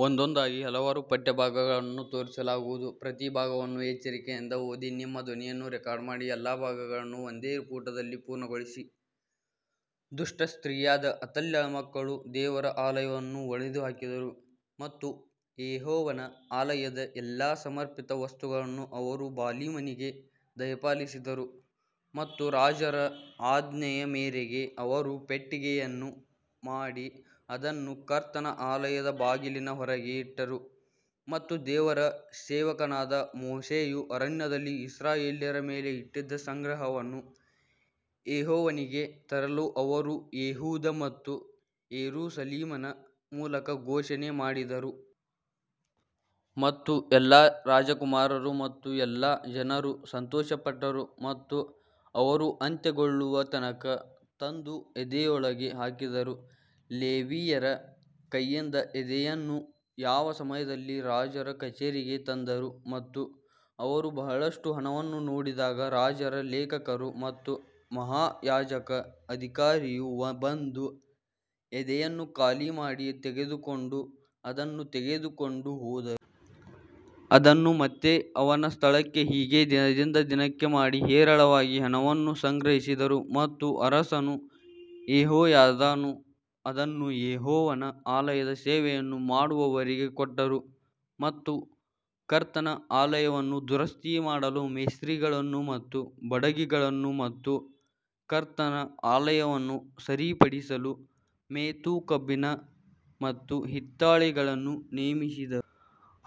ದುಷ್ಟ ಸ್ತ್ರೀಯಾದ ಅತಲ್ಯಳ ಮಕ್ಕಳು ದೇವರ ಆಲಯವನ್ನು ಒಡೆದು ಹಾಕಿದರು ಮತ್ತು ಯೆಹೋವನ ಆಲಯದ ಎಲ್ಲಾ ಸಮರ್ಪಿತ ವಸ್ತುಗಳನ್ನು ಅವರು ಬಾಲೀಮನಿಗೆ ದಯಪಾಲಿಸಿದರು. ಮತ್ತು ರಾಜರ ಆಜ್ಞೆಯ ಮೇರೆಗೆ ಅವರು ಪೆಟ್ಟಿಗೆಯನ್ನು ಮಾಡಿ ಅದನ್ನು ಕರ್ತನ ಆಲಯದ ಬಾಗಿಲಿನ ಹೊರಗೆ ಇಟ್ಟರು. ಮತ್ತು ದೇವರ ಸೇವಕನಾದ ಮೋಶೆಯು ಅರಣ್ಯದಲ್ಲಿ ಇಸ್ರಾಯೇಲ್ಯರ ಮೇಲೆ ಇಟ್ಟಿದ್ದ ಸಂಗ್ರಹವನ್ನು ಯೆಹೋವನಿಗೆ ತರಲು ಅವರು ಯೆಹೂದ ಮತ್ತು ಯೆರೂಸಲೇಮಿನ ಮೂಲಕ ಘೋಷಣೆ ಮಾಡಿದರು. ಮತ್ತು ಎಲ್ಲಾ ರಾಜಕುಮಾರರು ಮತ್ತು ಎಲ್ಲಾ ಜನರು ಸಂತೋಷಪಟ್ಟರು ಮತ್ತು ಅವರು ಅಂತ್ಯಗೊಳ್ಳುವ ತನಕ ತಂದು ಎದೆಯೊಳಗೆ ಹಾಕಿದರು. ಲೇವಿಯರ ಕೈಯಿಂದ ಎದೆಯನ್ನು ಯಾವ ಸಮಯದಲ್ಲಿ ರಾಜರ ಕಚೇರಿಗೆ ತಂದರು ಮತ್ತು ಅವರು ಬಹಳಷ್ಟು ಹಣವನ್ನು ನೋಡಿದಾಗ ರಾಜರ ಲೇಖಕರು ಮತ್ತು ಮಹಾಯಾಜಕ ಅಧಿಕಾರಿಯು ಬಂದು ಎದೆಯನ್ನು ಖಾಲಿ ಮಾಡಿ ತೆಗೆದುಕೊಂಡು ಅದನ್ನು ತೆಗೆದುಕೊಂಡು ಹೋದರು. ಅದನ್ನು ಮತ್ತೆ ಅವನ ಸ್ಥಳಕ್ಕೆ ಹೀಗೆ ದಿನದಿಂದ ದಿನಕ್ಕೆ ಮಾಡಿ ಹೇರಳವಾಗಿ ಹಣವನ್ನು ಸಂಗ್ರಹಿಸಿದರು ಮತ್ತು ಅರಸನೂ ಯೆಹೋಯಾದಾನೂ ಅದನ್ನು ಯೆಹೋವನ ಆಲಯದ ಸೇವೆಯನ್ನು ಮಾಡುವವರಿಗೆ ಕೊಟ್ಟರು ಮತ್ತು ಕರ್ತನ ಆಲಯವನ್ನು ದುರಸ್ತಿಮಾಡಲು ಮೇಸ್ತ್ರಿಗಳನ್ನು ಮತ್ತು ಬಡಗಿಗಳನ್ನು ಮತ್ತು ಕರ್ತನ ಆಲಯವನ್ನು ಸರಿಪಡಿಸಲು ಮೆತು ಕಬ್ಬಿಣ ಮತ್ತು ಹಿತ್ತಾಳೆಗಳನ್ನು ನೇಮಿಸಿದರು.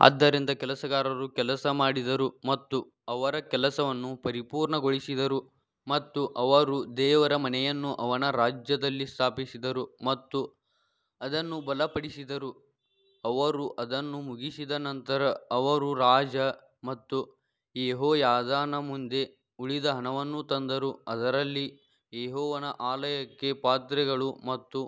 ಆದ್ದರಿಂದ ಕೆಲಸಗಾರರು ಕೆಲಸ ಮಾಡಿದರು ಮತ್ತು ಅವರ ಕೆಲಸವನ್ನು ಪರಿಪೂರ್ಣಗೊಳಿಸಿದರು ಮತ್ತು ಅವರು ದೇವರ ಮನೆಯನ್ನು ಅವನ ರಾಜ್ಯದಲ್ಲಿ ಸ್ಥಾಪಿಸಿದರು ಮತ್ತು ಅದನ್ನು ಬಲಪಡಿಸಿದರು. ಅವರು ಅದನ್ನು ಮುಗಿಸಿದ ನಂತರ ಅವರು ರಾಜ ಮತ್ತು ಯೆಹೋಯಾದಾನ ಮುಂದೆ ಉಳಿದ ಹಣವನ್ನು ತಂದರು, ಅದರಲ್ಲಿ ಯೆಹೋವನ ಆಲಯಕ್ಕೆ ಪಾತ್ರೆಗಳು ಮತ್ತು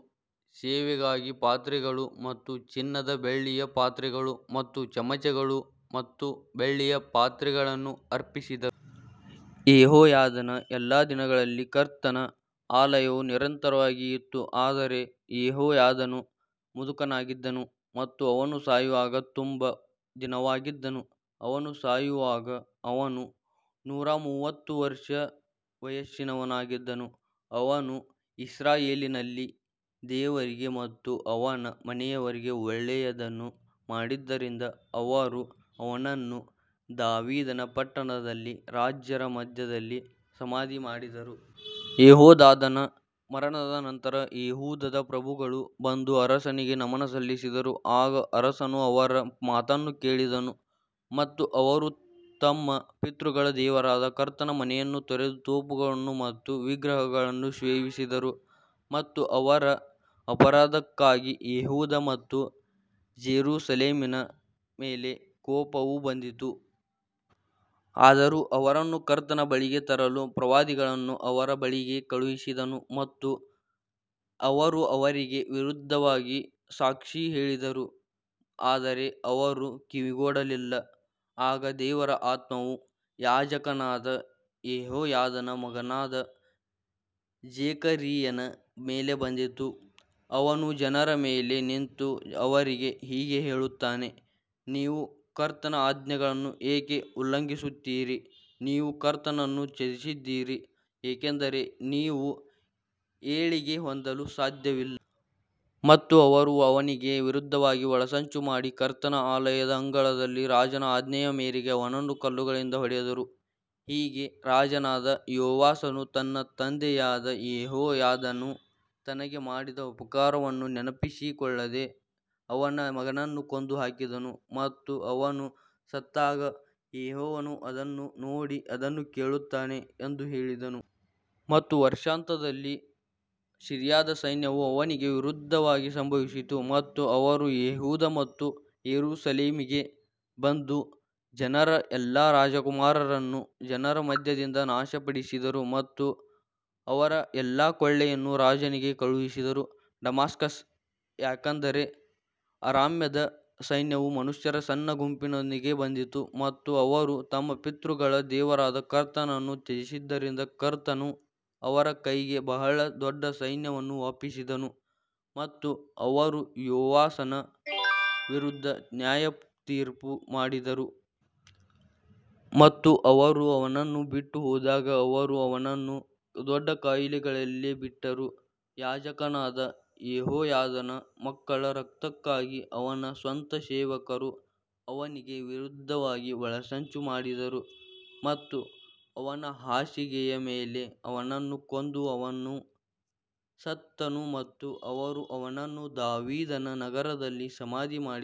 ಸೇವೆಗಾಗಿ ಪಾತ್ರೆಗಳು ಮತ್ತು ಚಿನ್ನದ ಬೆಳ್ಳಿಯ ಪಾತ್ರೆಗಳು ಮತ್ತು ಚಮಚಗಳು ಮತ್ತು ಬೆಳ್ಳಿಯ ಪಾತ್ರೆಗಳನ್ನು ಅರ್ಪಿಸಿದರು. ಯೆಹೋಯಾದನ ಎಲ್ಲಾ ದಿನಗಳಲ್ಲಿ ಕರ್ತನ ಆಲಯವು ನಿರಂತರವಾಗಿ ಇತ್ತು ಆದರೆ ಯೆಹೋಯಾದನು ಮುದುಕನಾಗಿದ್ದನು ಮತ್ತು ಅವನು ಸಾಯುವಾಗ ತುಂಬ ದಿನವಾಗಿದ್ದನು, ಅವನು ಸಾಯುವಾಗ ಅವನು ನೂರ ಮೂವತ್ತು ವರ್ಷ ವಯಸ್ಸಿನವನಾಗಿದ್ದನು. ಅವನು ಇಸ್ರಾಯೇಲಿನಲ್ಲಿ ದೇವರಿಗೆ ಮತ್ತು ಅವನ ಮನೆಯವರಿಗೆ ಒಳ್ಳೆಯದನ್ನು ಮಾಡಿದ್ದರಿಂದ ಅವರು ಅವನನ್ನು ದಾವೀದನ ಪಟ್ಟಣದಲ್ಲಿ ರಾಜರ ಮಧ್ಯದಲ್ಲಿ ಸಮಾಧಿ ಮಾಡಿದರು. ಯೆಹೋಯಾದನ ಮರಣದ ನಂತರ ಯೆಹೂದದ ಪ್ರಭುಗಳು ಬಂದು ಅರಸನಿಗೆ ನಮನ ಸಲ್ಲಿಸಿದರು ಆಗ ಅರಸನು ಅವರ ಮಾತನ್ನು ಕೇಳಿದನು. ಮತ್ತು ಅವರು ತಮ್ಮ ಪಿತೃಗಳ ದೇವರಾದ ಕರ್ತನ ಮನೆಯನ್ನು ತೊರೆದು ತೋಪುಗಳನ್ನು ಮತ್ತು ವಿಗ್ರಹಗಳನ್ನು ಸೇವಿಸಿದರು ಮತ್ತು ಅವರ ಅಪರಾಧಕ್ಕಾಗಿ ಯೆಹೂದ ಮತ್ತು ಜೆರುಸಲೇಮಿನ ಮೇಲೆ ಕೋಪವು ಬಂದಿತು. ಆದರೂ ಅವರನ್ನು ಕರ್ತನ ಬಳಿಗೆ ತರಲು ಪ್ರವಾದಿಗಳನ್ನು ಅವರ ಬಳಿಗೆ ಕಳುಹಿಸಿದನು ಮತ್ತು ಅವರು ಅವರಿಗೆ ವಿರುದ್ಧವಾಗಿ ಸಾಕ್ಷಿ ಹೇಳಿದರು ಆದರೆ ಅವರು ಕಿವಿಗೊಡಲಿಲ್ಲ. ಆಗ ದೇವರ ಆತ್ಮವು ಯಾಜಕನಾದ ಯೆಹೋಯಾದನ ಮಗನಾದ ಜೆಕರೀಯನ ಮೇಲೆ ಬಂದಿತು, ಅವನು ಜನರ ಮೇಲೆ ನಿಂತು ಅವರಿಗೆ ಹೀಗೆ ಹೇಳುತ್ತಾನೆ ನೀವು ಕರ್ತನ ಆಜ್ಞೆಗಳನ್ನು ಏಕೆ ಉಲ್ಲಂಘಿಸುತ್ತೀರಿ, ನೀವು ಕರ್ತನನ್ನು ತ್ಯಜಿಸಿದ್ದೀರಿ, ಏಕೆಂದರೆ ನೀವು ಏಳಿಗೆ ಹೊಂದಲು ಸಾಧ್ಯವಿಲ್ಲ. ಮತ್ತು ಅವರು ಅವನಿಗೆ ವಿರುದ್ಧವಾಗಿ ಒಳಸಂಚು ಮಾಡಿ ಕರ್ತನ ಆಲಯದ ಅಂಗಳದಲ್ಲಿ ರಾಜನ ಆಜ್ಞೆಯ ಮೇರೆಗೆ ಅವನನ್ನು ಕಲ್ಲುಗಳಿಂದ ಹೊಡೆದರು. ಹೀಗೆ ರಾಜನಾದ ಯೋವಾಷನು ತನ್ನ ತಂದೆಯಾದ ಯೆಹೋಯಾದನು ತನಗೆ ಮಾಡಿದ ಉಪಕಾರವನ್ನು ನೆನಪಿಸಿಕೊಳ್ಳದೆ ಅವನ ಮಗನನ್ನು ಕೊಂದುಹಾಕಿದನು ಮತ್ತು ಅವನು ಸತ್ತಾಗ ಯೆಹೋವನು ಅದನ್ನು ನೋಡಿ ಅದನ್ನು ಕೇಳುತ್ತಾನೆ ಎಂದು ಹೇಳಿದನು. ಮತ್ತು ವರ್ಷಾಂತ್ಯದಲ್ಲಿ ಸಿರಿಯಾದ ಸೈನ್ಯವು ಅವನಿಗೆ ವಿರುದ್ಧವಾಗಿ ಸಂಭವಿಸಿತು ಮತ್ತು ಅವರು ಯೆಹೂದ ಮತ್ತು ಯೆರೂಸಲೇಮಿಗೆ ಬಂದು ಜನರ ಎಲ್ಲಾ ರಾಜಕುಮಾರರನ್ನು ಜನರ ಮಧ್ಯದಿಂದ ನಾಶಪಡಿಸಿದರು ಮತ್ತು ಅವರ ಎಲ್ಲಾ ಕೊಳ್ಳೆಯನ್ನು ರಾಜನಿಗೆ ಕಳುಹಿಸಿದರು. ಡಮಾಸ್ಕಸ್ ಯಾಕಂದರೆ ಅರಾಮ್ಯರ ಸೈನ್ಯವು ಮನುಷ್ಯರ ಸಣ್ಣ ಗುಂಪಿನೊಂದಿಗೆ ಬಂದಿತು ಮತ್ತು ಅವರು ತಮ್ಮ ಪಿತೃಗಳ ದೇವರಾದ ಕರ್ತನನ್ನು ತ್ಯಜಿಸಿದ್ದರಿಂದ ಕರ್ತನು ಅವರ ಕೈಗೆ ಬಹಳ ದೊಡ್ಡ ಸೈನ್ಯವನ್ನು ಒಪ್ಪಿಸಿದನು ಮತ್ತು ಅವರು ಯೋವಾಷನ ವಿರುದ್ಧ ನ್ಯಾಯತೀರ್ಪು ಮಾಡಿದರು. ಮತ್ತು ಅವರು ಅವನನ್ನು ಬಿಟ್ಟು ಹೋದಾಗ ಅವರು ಅವನನ್ನು ದೊಡ್ಡ ಕಾಯಿಲೆಗಳಲ್ಲಿ ಬಿಟ್ಟರು, ಯಾಜಕನಾದ ಯೆಹೋಯಾದನ ಮಕ್ಕಳ ರಕ್ತಕ್ಕಾಗಿ ಅವನ ಸ್ವಂತ ಸೇವಕರು ಅವನಿಗೆ ವಿರುದ್ಧವಾಗಿ ಒಳಸಂಚು ಮಾಡಿದರು ಮತ್ತು ಅವನ ಹಾಸಿಗೆಯ ಮೇಲೆ ಅವನನ್ನು ಕೊಂದು ಅವನು ಸತ್ತನು ಮತ್ತು ಅವರು ಅವನನ್ನು ದಾವೀದನ ನಗರದಲ್ಲಿ ಸಮಾಧಿ ಮಾಡಿದರು.